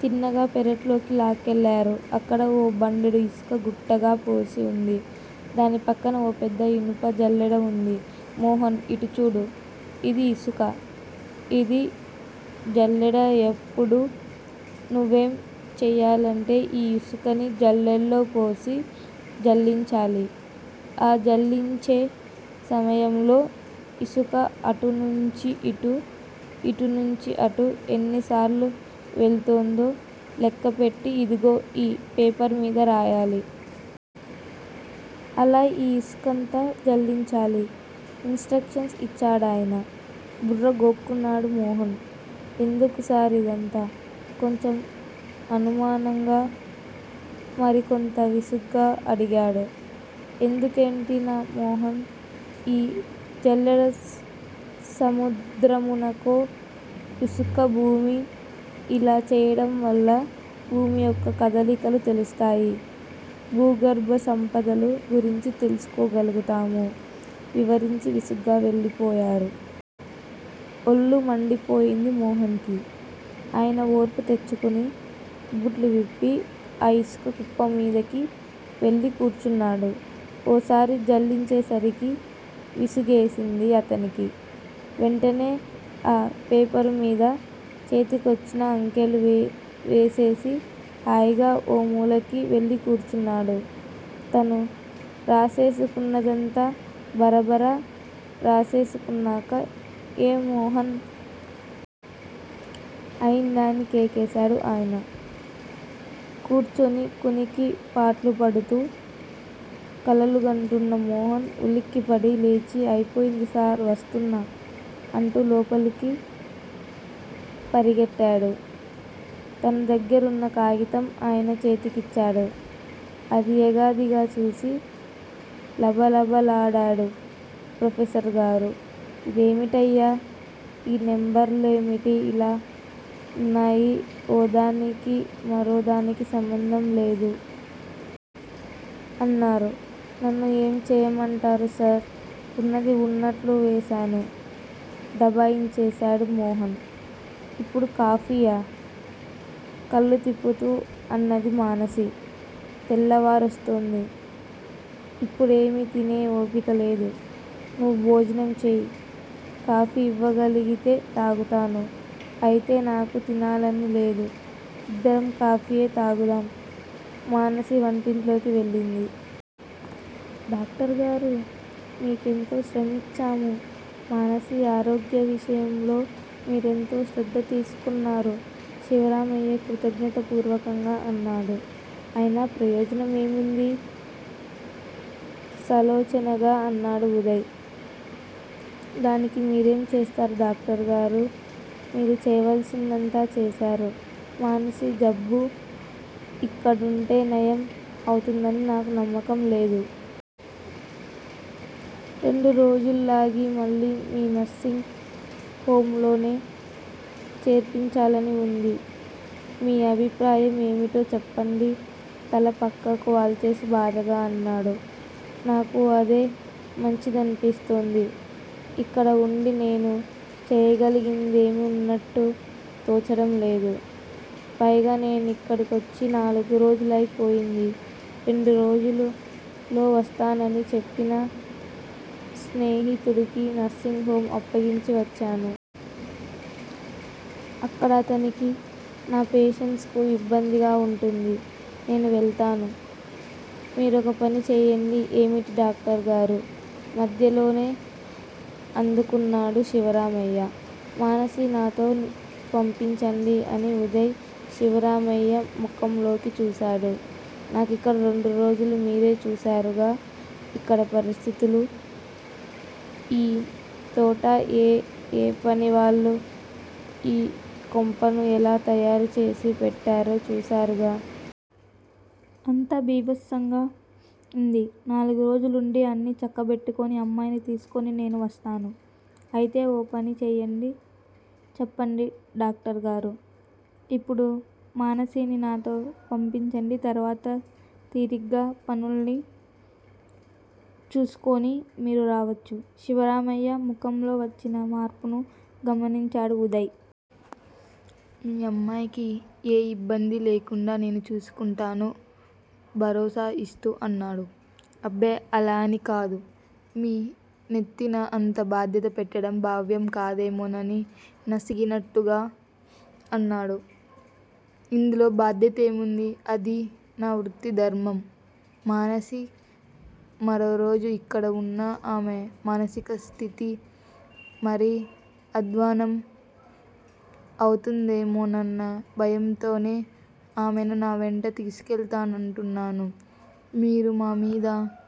తిన్నగా పెరట్లోకి లాక్కెళ్ళారు. అక్కడ ఓ బండెడు ఇసుక గుట్టగాపోసి వుంది. దాని పక్కన ఓ పెద్ద ఇనుప జల్లెడ వుంది. మోహన్! ఇటుచూడు. యిది ఇసుక. ఇది జల్లెడ ఏప్పుడు నువ్వేం చెయ్యాలంటే ఈ ఇసుకని జల్లెడలో పోసి జల్లించాలి. ఆ జల్లించే సమయంలో ఇసుక అటు నుంచి ఇటు, ఇటునుంచి అటు ఎన్నిసార్లు వెళుతుందో లెక్కపెట్టి ఇదుగో ఈ పేపరుమీద రాయాలి. అలా ఈ ఇసుకంతా జల్లించాలి! ఇన్ స్ట్రక్షన్స్ యిచ్చాడాయన. బుర్రగోక్కున్నాడు మోహన్. ఎందుకుసార్ యిదంతా? కొంచెం అనుమానంగా, మరికొంత విసుగ్గా అడిగాడు. ఎందుకేంటి నామొహం ఈ జల్లెడ సముద్రమునకు, యిసుకభూమి, యిలా చెయ్యడంవల్ల భూమి యొక్క కదలికలు తెలుస్తాయి. భూగర్భ సంపదలు గురించి తెలుసుకోగలుగుతాము! వివరించి విసుగ్గా వెళ్ళిపోయారు. ఒళ్ళు మండిపోయింది మోహన్ కి. అయినా ఓర్పు తెచ్చుకుని బూట్లువిప్పి ఆ ఇసుక కుప్పమీదకి వెళ్ళి కూర్చున్నాడు. ఓసారి జల్లించేసరికి విసుగేసింది అతనికి. వెంటనే ఆ పేపరుమీద చేతికొచ్చిన అంకెలు వే వేసేసి హాయిగా ఓ మూలకి వెళ్ళికూర్చున్నాడు. తను రాసేసుకున్నదంతా బరబరా రాసేసుకున్నాక ఏం మోహన్! అయిందా అని కేకేశాడు ఆయన. కూర్చుని కునికిపాట్లుపడుతూ కలలుగంటున్న మోహన్ ఉలిక్కిపడి లేచి అయిపోయింది సార్ వస్తున్నా! అంటూ లోపలికి పరిగెట్టాడు. తన దగ్గరున్న కాగితం ఆయన చేతికిచ్చాడు. అది ఎగాదిగాచూసి లబలబలాడాడు ప్రొఫెసర్ గారు ఇదేమిటయ్యా! ఈ నెంబరులేమిటి ఇలా వున్నాయి. ఓ దానికి మరో దానికి సంబంధంలేదు? అన్నారు. నన్ను ఏం చెయ్యమంటారుసార్! వున్నది వున్నట్లు వేశాను. దబాయించేశాడు మోహన్. ఇప్పుడు కాఫీయా? కళ్ళు తిప్పుతూ అన్నాది మానసి. తెల్లవారొస్తూంది. ఇప్పుడేమీ తినే ఓపిక లేదు. నువ్వు భోజనం చెయ్యి. కాఫీ ఇవ్వగలిగితే తాగుతాను. అయితే నాకూ తినాలనిలేదు. ఇద్దరం కాఫీయే తాగుదాం. మానసి వంటింట్లోకి వెళ్ళింది. డాక్టర్ గారూ! మీకెంతో శ్రమ ఇచ్చ్చాం. మానసి ఆరోగ్య విషయంలో మీరెంతో శ్రద్ధ తీసుకొన్నారు. శివరామయ్య కృతజ్ఞతా పూర్వకంగా అన్నాడు. అయినా ప్రయోజనం ఏముందీ? సాలోచనగా అన్నాడు ఉదయ్. దానికి మీరేం చేస్తారు డాక్టర్ గారూ. మీరు చెయ్యవలసిదంతా చేశారు. మానసి జబ్బు ఇక్కడుంటే నయం అవుతుందని నాకు నమ్మకంలేదు. రెండురోజులాగి మళ్ళీ మీ నర్సింగ్ హొంలోనే చేర్పించాలని వుంది. మీ అభిప్రాయం ఏమిటో చెప్పండి తల పక్కకు వాల్చేసి బాధగా అన్నాడు. నాకూ అదే మంచిదనిపిస్తోంది. ఇక్కడ వుండి నేను చేయగలిగిందేమీవున్నట్టు తోచడంలేదు. పైగానేనిక్కడకొచ్చి నాలుగురోజులైపోయింది. రెండు రోజులు వస్తానని చెప్పి నా స్నేహితుడికి నర్సింగ్ హొం అప్పగించి వచ్చాను. అక్కడ అతనికీ, నా పేషెంట్సుకూ ఇబ్బందిగా వుంటుంది. నేను వెళ్తాను. మీరొక పని చెయ్యండి ఏమిటి డాక్టర్ గారూ! మధ్యలోనే అందుకున్నాడు శివరామయ్య. మానసి నాతో పంపించండి అని ఉదయ్ శివరామయ్య ముఖంలోకి చూశాడు. నాకిక్కడ రెండురోజులు మీరే చూశారుగా ఇక్కడ పరిస్థితులు? ఈ తోటా ఏఎ పనివాళ్ళూ ఈ కొంపను ఎలా తయారు చేసి పెట్టారో చూశారుగా. అంతా భీభత్సంగా ఉంది! నాలుగురోజులుండి, అన్నీ చక్కబెట్టుకొని, అమ్మాయిని తీసుకొని నేనే వస్తాను. అయితే ఓ పని చెయ్యండి చెప్పండి డాక్టర్ గారూ! ఇప్పుడు మానసిని నాతో పంపించండి తర్వాత తీరిగ్గా పనులున్ని చూసుకొని మీరు రావచ్చు. శివరామయ్య ముఖంలో వచ్చిన మార్పును గమనించాడు ఉదయ్. మీ అమ్మాయికి ఏ ఇబ్బందీ లేకుండా నేను చూసుకుంటాను భరోసా ఇస్తూ అన్నాడు. అబ్బే అలా అనికాదు. మీ నెత్తిన అంత బాధ్యత పెట్టడం భావ్యం కాదేమోనని నసిగినట్టుగా అన్నాడు. ఇందులో భాధ్యతేముంది అది నా వృత్తిధర్మం. మానసి మరో రోజు ఇక్కడ వున్నా ఆమె మానసిక స్థితి మరీ అధ్వాన్నం అవుతుందేమోనన్న భయంతోనే ఆమెను నావెంట తీసుకెళ్తానంటున్నాను. మీరు మామీద